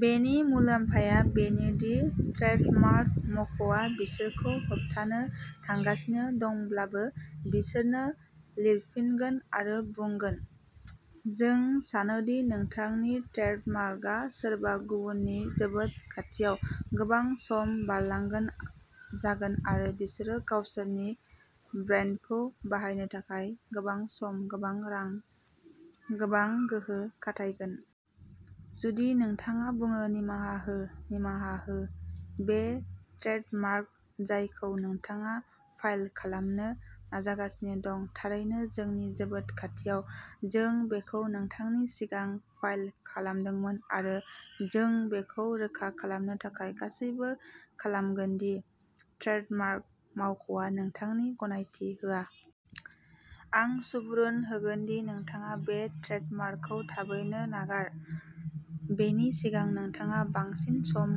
बेनि मुलाम्फाया बेनो दि ट्रेडमार्क मावख'आ बिसोरखौ होबथानो थांगासिनो दंब्लाबो, बिसोरनो लिरफिनगोन आरो बुंगोन, "जों सानो दि नोंथांनि ट्रेडमार्कआ सोरबा गुबुननि जोबोद खाथियाव", गोबां सम बारलांबाय जागोन आरो बिसोरो गावसोरनि ब्रान्डखौ बानायनो थाखाय गोबां सम, गोबां रां, गोबां गोहो खाथायगोन। जुदि नोंथाङा बुङो, "निमाहा हो, निमाहा हो, बे ट्रेडमार्क जायखौ नोंथाङा फाइल खालामनो नाजागासिनो दं, थारैनो जोंनि जोबोद खाथियाव। जों बेखौ नोंथांनि सिगां फाइल खालामदोंमोन आरो जों बेखौ रोखा खालामनो थाखाय गासैबो खालामगोन दि ट्रेडमार्क मावख'आ नोंथांनि गनायथि होआ। आं सुबुरुन होगोन दि नोंथाङा बे ट्रेडमार्कखौ थाबैनो नागार, बेनि सिगां नोंथाङा बांसिन सम,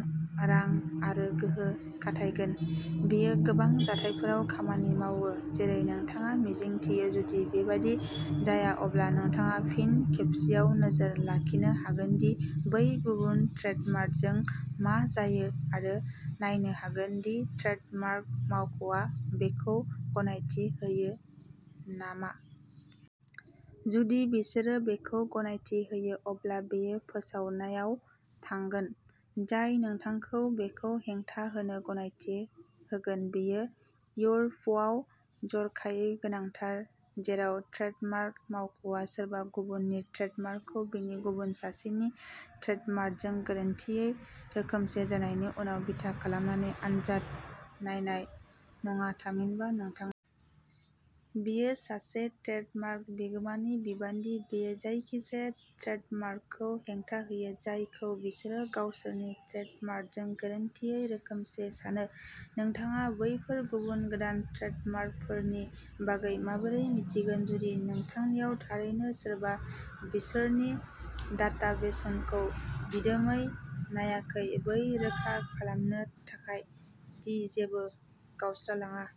रां आरो गोहो खाथायगोन। " बेयो गोबां जाथायफोराव खामानि मावो-जेरै नोंथाङा मिजिंथियो। जुदि बेबादि जाया, अब्ला नोंथाङा फिन खेबसेबाव नोजोर लाखिनो हागोन दि बै गुबुन ट्रेडमार्कजों मा जायो आरो नायनो हागोन दि ट्रेडमार्क मावख'आ बेखौ गनायथि होयो नामा। जुदि बिसोरो बेखौ गनायथि होयो, अब्ला बेयो फोसावनायाव थांगोन, जाय नोंथांखौ बेखौ हेंथा होनो गनायथि होगोन। बेयो इउर'पआव जर'खायै गोनांथार, जेराव ट्रेडमार्क मावख'आ सोरबा गुबुननि ट्रेडमार्कखौ बेनि गुबुन सासेनि ट्रेडमार्कजों गोरोन्थियै रोखोमसे जानायनि सायाव बिथा खालामनानै आनजाद नायनाय नङा, थामहिनबा नोंथांनि। बेयो सासे ट्रेडमार्क बिगोमानि बिबान दि बियो जायखिजाया ट्रेडमार्कखौ हेंथा होयो, जायखौ बिसोरो गावसोरनि ट्रेडमार्कजों गोरोन्थियै रोखोमसे सानो। नोंथाङा बैफोर गुबुन गोदान ट्रेडमार्कफोरनि बागै माबोरै मिन्थिगोन जुदि नोंथांनाव थारैनो सोरबा बिसोरनि डाटाबेसखौ दिदोमै नायाखै, बेखौ रोखा खालामनो थाखाय दि जेबो गावस्रालाङा?